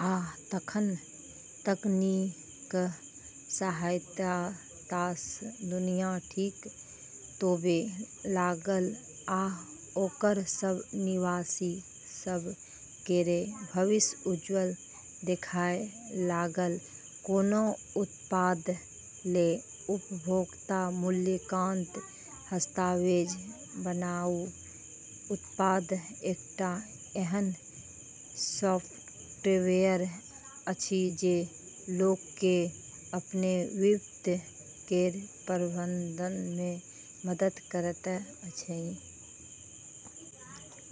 आ तखन, तकनीकक सहायतासँ दुनिया ठीक होबै लागल, आ ओकर सब निवासी सभ केर भविष्य उज्ज्वल देखाय लागल। कोनो उत्पाद लेल उपभोक्ता मूल्यांकन दस्तावेज बनाऊ। उत्पाद एकटा एहन सॉफ्टवेयर अछि जे लोककेँ अपन वित्त केर प्रबंधनमे मदद करैत अछि।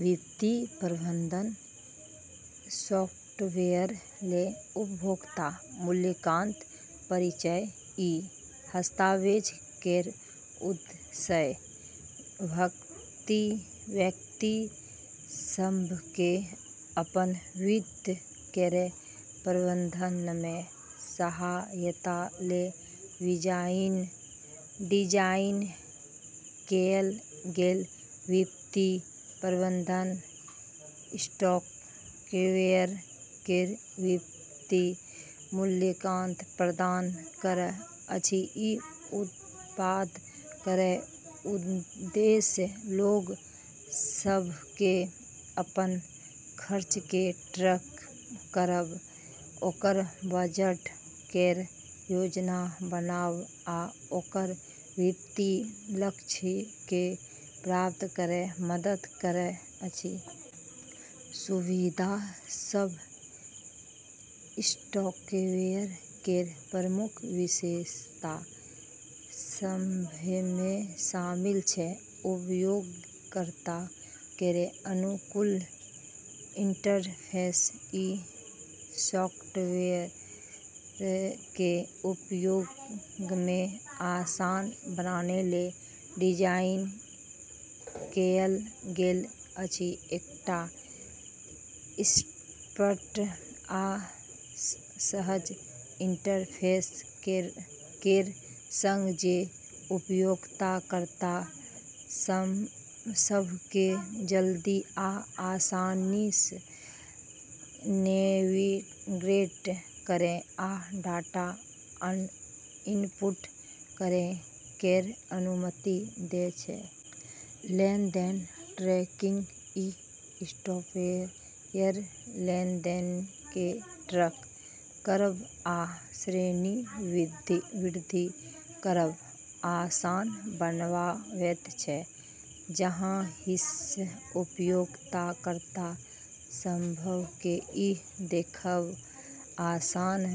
वित्तीय प्रबंधन सॉफ्टवेयर लेल उपभोक्ता मूल्यांकन परिचय: ई दस्तावेज केर उद्देश्य व्यक्ति सभकेँ अपन वित्त केर प्रबंधनमे सहायता लेल डिजाइन कएल गेल वित्तीय प्रबंधन सॉफ्टवेयर केर विस्तृत मूल्यांकन प्रदान करब अछि। ई उत्पाद केर उद्देश्य लोग सभकेँ अपन खर्चकेँ ट्रैक करब, ओकर बजट केर योजना बनाब, आ ओकर वित्तीय लक्ष्यकेँ प्राप्त करैमे मदद करब अछि। सुविधा सभ: सॉफ्टवेयर केर प्रमुख विशेषता सभमे शामिल छै: उपयोगकर्ता केर अनुकूल इंटरफेस: ई सॉफ्टवेयरकेँ उपयोगमे आसान बनाबै लेल डिजाइन कएल गेल अछि, एकटा स्पष्ट आ सहज इंटरफेस केर संग जे उपयोगकर्ता सभकेँ जल्दी आ आसानीसँ नेविगेट करै आ डाटा इनपुट करै केर अनुमति दैत छै। लेनदेन ट्रैकिंग: ई सॉफ्टवेयर लेनदेनकेँ ट्रैक करब आ श्रेणीबद्ध करब आसान बनाबैत छै, जाहिंसँ उपयोगकर्ता सभकेँ ई देखब आसान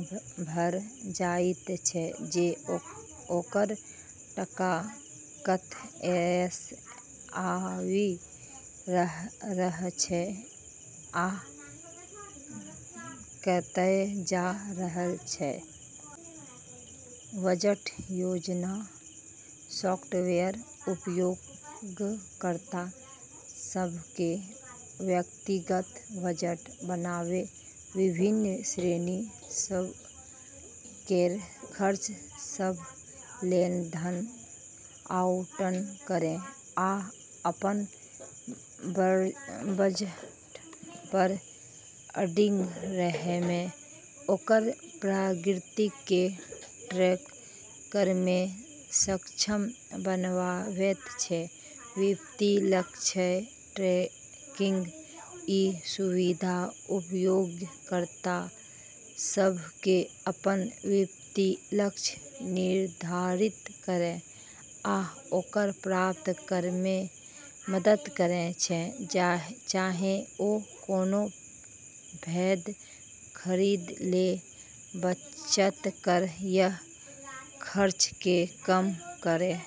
भऽ जाइत छै जे ओकर टका कतएसँ आबि रहल छै आ कतए जा रहल छै। बजट योजना: सॉफ्टवेयर उपयोगकर्ता सभकेँ व्यक्तिगत बजट बनाबै, विभिन्न श्रेणी सभ केर खर्च सभ लेल धन आवंटन करै, आ अपन बजटपर अडिग रहैमे ओकर प्रगति केँ ट्रैक करैमे सक्षम बनाबैत छै। वित्तीय लक्ष्य ट्रैकिंग: ई सुविधा उपयोगकर्ता सभकेँ अपन वित्तीय लक्ष्य निर्धारित करै आ ओकरा प्राप्त करैमे मदद करैत छै, चाहे ओ कोनो पैघ खरीद लेल बचत करै या कर्जकेँ कम करै।